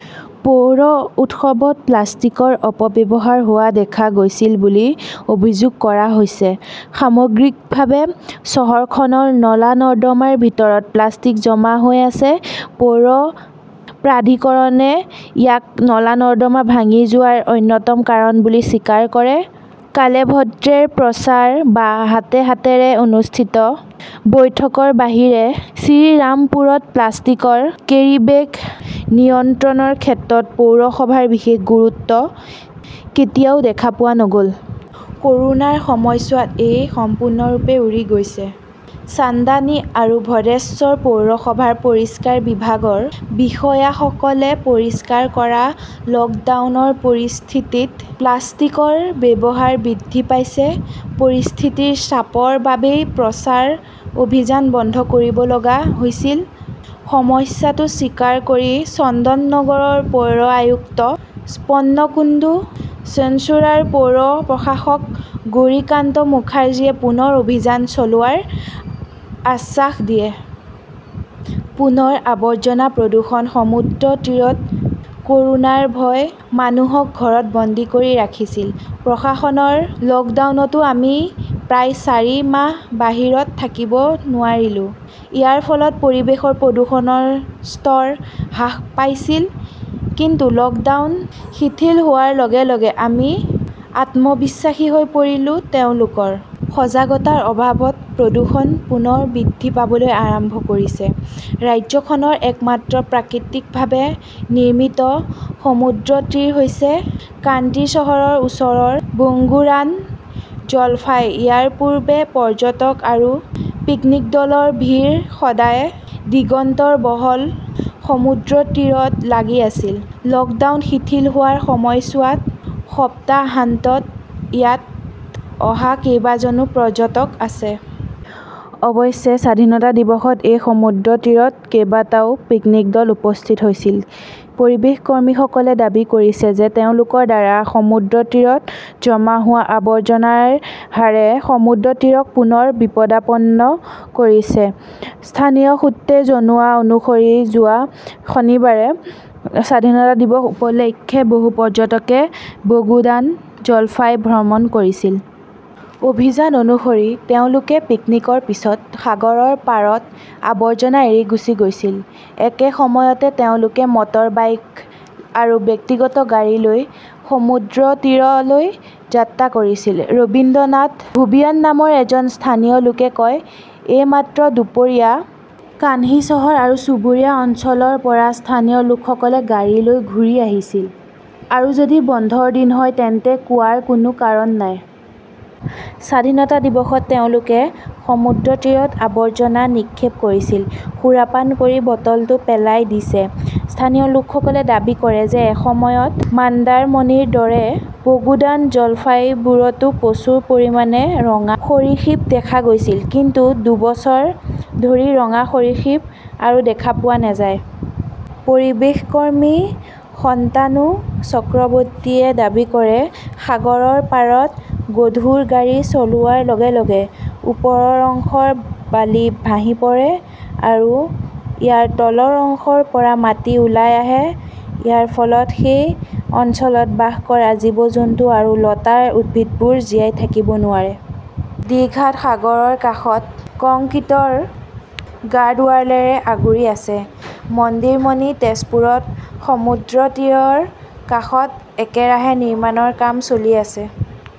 পৌৰ উৎসৱত প্লাষ্টিকৰ অপব্যৱহাৰ হোৱা দেখা গৈছিল বুলি অভিযোগ কৰা হৈছে। সামগ্ৰিকভাৱে, চহৰখনৰ নলা-নৰ্দমাৰ ভিতৰত প্লাষ্টিক জমা হৈ আছে। পৌৰ প্ৰাধিকৰণে ইয়াক নলা-নৰ্দমা ভাঙি যোৱাৰ অন্যতম কাৰণ বুলি স্বীকাৰ কৰে। কালেভদ্ৰেৰ প্ৰচাৰ বা হাতে হাতেৰে অনুষ্ঠিত বৈঠকৰ বাহিৰে শ্ৰীৰামপুৰত প্লাষ্টিকৰ কেৰীবেগ নিয়ন্ত্ৰণৰ ক্ষেত্ৰত পৌৰসভাৰ বিশেষ গুৰুত্ব কেতিয়াও দেখা পোৱা নগল। কৰোনাৰ সময়ছোৱাত ই সম্পূৰ্ণৰূপে উৰি গৈছে। চান্দানী আৰু ভদ্ৰেশ্বৰ পৌৰসভাৰ পৰিষ্কাৰ বিভাগৰ বিষয়াসকলে পৰিষ্কাৰ কৰা, লকডাউনৰ পৰিস্থিতিত প্লাষ্টিকৰ ব্যৱহাৰ বৃদ্ধি পাইছে। পৰিস্থিতিৰ চাপৰ বাবেই প্ৰচাৰ অভিযান বন্ধ কৰিব লগা হৈছিল। সমস্যাটো স্বীকাৰ কৰি চন্দননগৰৰ পৌৰ আয়ুক্ত স্বপন কুণ্ডু, চুঞ্চুৰাৰ পৌৰ প্ৰশাসক গৌৰিকান্ত মুখাৰ্জীয়ে পুনৰ অভিযান চলোৱাৰ আশ্বাস দিয়ে। পুনৰ আবৰ্জনা প্ৰদূষণ সমুদ্ৰতীৰত কৰোনাৰ ভয়ই মানুহক ঘৰত বন্দী কৰি ৰাখিছিল। প্ৰশাসনৰ লকডাউনতো আমি প্ৰায় চাৰি মাহ বাহিৰত থাকিব নোৱাৰিলো। ইয়াৰ ফলত পৰিৱেশৰ প্ৰদূষণৰ স্তৰ হ্ৰাস পাইছিল। কিন্তু লকডাউন শিথিল হোৱাৰ লগে-লগে আমি আত্মবিশ্বাসী হৈ পৰিছো। তেওঁলোকৰ সজাগতাৰ অভাৱত প্ৰদূষণ পুনৰ বৃদ্ধি পাবলৈ আৰম্ভ কৰিছে! ৰাজ্যখনৰ একমাত্ৰ প্ৰাকৃতিকভাৱে নিৰ্মিত সমুদ্ৰতীৰ হৈছে কান্তী চহৰৰ ওচৰৰ বোগুৰান জলফাই। ইয়াৰ পূৰ্বে পৰ্যটক আৰু পিকনিক দলৰ ভিৰ সদায় দিগন্তৰ বহল সমুদ্ৰতীৰত লাগি আছিল। লকডাউন শিথিল হোৱাৰ সময়ছোৱাত সপ্তাহান্তত ইয়াত অহা কেইবাজনো পৰ্যটক আছে। অৱশ্যে স্বাধীনতা দিৱসত এই সমুদ্ৰতীৰত কেইবাটাও পিকনিক দল উপস্থিত হৈছিল। পৰিৱেশ কৰ্মীসকলে দাবী কৰিছে যে তেওঁলোকৰ দ্বাৰা সমুদ্ৰতীৰত জমা হোৱা আৱৰ্জনাৰ হাৰে সমুদ্ৰতীৰক পুনৰ বিপদাপন্ন কৰিছে। স্থানীয় সূত্ৰই জনোৱা অনুসৰি যোৱা শনিবাৰে স্বাধীনতা দিৱস উপলক্ষে বহু পৰ্যটকে বগুদান জলফাই ভ্ৰমণ কৰিছিল। অভিযোগ অনুসৰি তেওঁলোকে পিকনিকৰ পিছত সাগৰৰ পাৰত আবৰ্জনা এৰি গুচি গৈছিল। একে সময়তে তেওঁলোকে মটৰবাইক আৰু ব্যক্তিগত গাড়ী লৈ সমুদ্ৰতীৰলৈ যাত্ৰা কৰিছিল। ৰবীন্দ্ৰনাথ ভুৱিয়ান নামৰ এজন স্থানীয় লোকে কয়, এইমাত্ৰ দুপৰীয়া কান্থী চহৰ আৰু চুবুৰীয়া অঞ্চলৰ পৰা স্থানীয় লোকসকলে গাড়ী লৈ ঘূৰি আহিছিল আৰু যদি বন্ধৰ দিন হয় তেন্তে কোৱাৰ কোনো কাৰণ নাই। স্বাধীনতা দিৱসত তেওঁলোকে সমুদ্ৰতীৰত আৱৰ্জনা নিক্ষেপ কৰিছিল। সুৰাপান কৰি বটলটো পেলাই দিছে। স্থানীয় লোকসকলে দাবী কৰে যে এসময়ত মন্দাৰমনিৰ দৰে বগুড়ান জলফাইবোৰতো প্ৰচুৰ পৰিমাণে ৰঙা সৰীসৃপ দেখা গৈছিল। কিন্তু দুবছৰ ধৰি ৰঙা সৰীসৃপ আৰু দেখা পোৱা নাযায়। পৰিৱেশ কৰ্মী সন্তানু চক্ৰৱৰ্তীয়ে দাবী কৰে, সাগৰৰ পাৰত গধুৰ গাড়ী চলোৱাৰ লগে লগে ওপৰৰ অংশৰ বালি ভাহী পৰে। আৰু ইয়াৰ তলৰ অংশৰ পৰা মাটি ওলাই আহে। ইয়াৰ ফলত সেই অঞ্চলত বাস কৰা জীৱ-জন্তু আৰু লতাৰ উদ্ভিদবোৰ জীয়াই থাকিব নোৱাৰে। ডিঘাত সাগৰৰ কাষত কংক্ৰিটৰ গাৰ্ডৱালেৰে আগুৰি আছে। মন্দিৰমণি, তেজপুৰত সমুদ্ৰতীৰৰ কাষত একেৰাহে নিৰ্মাণৰ কাম চলি আছে।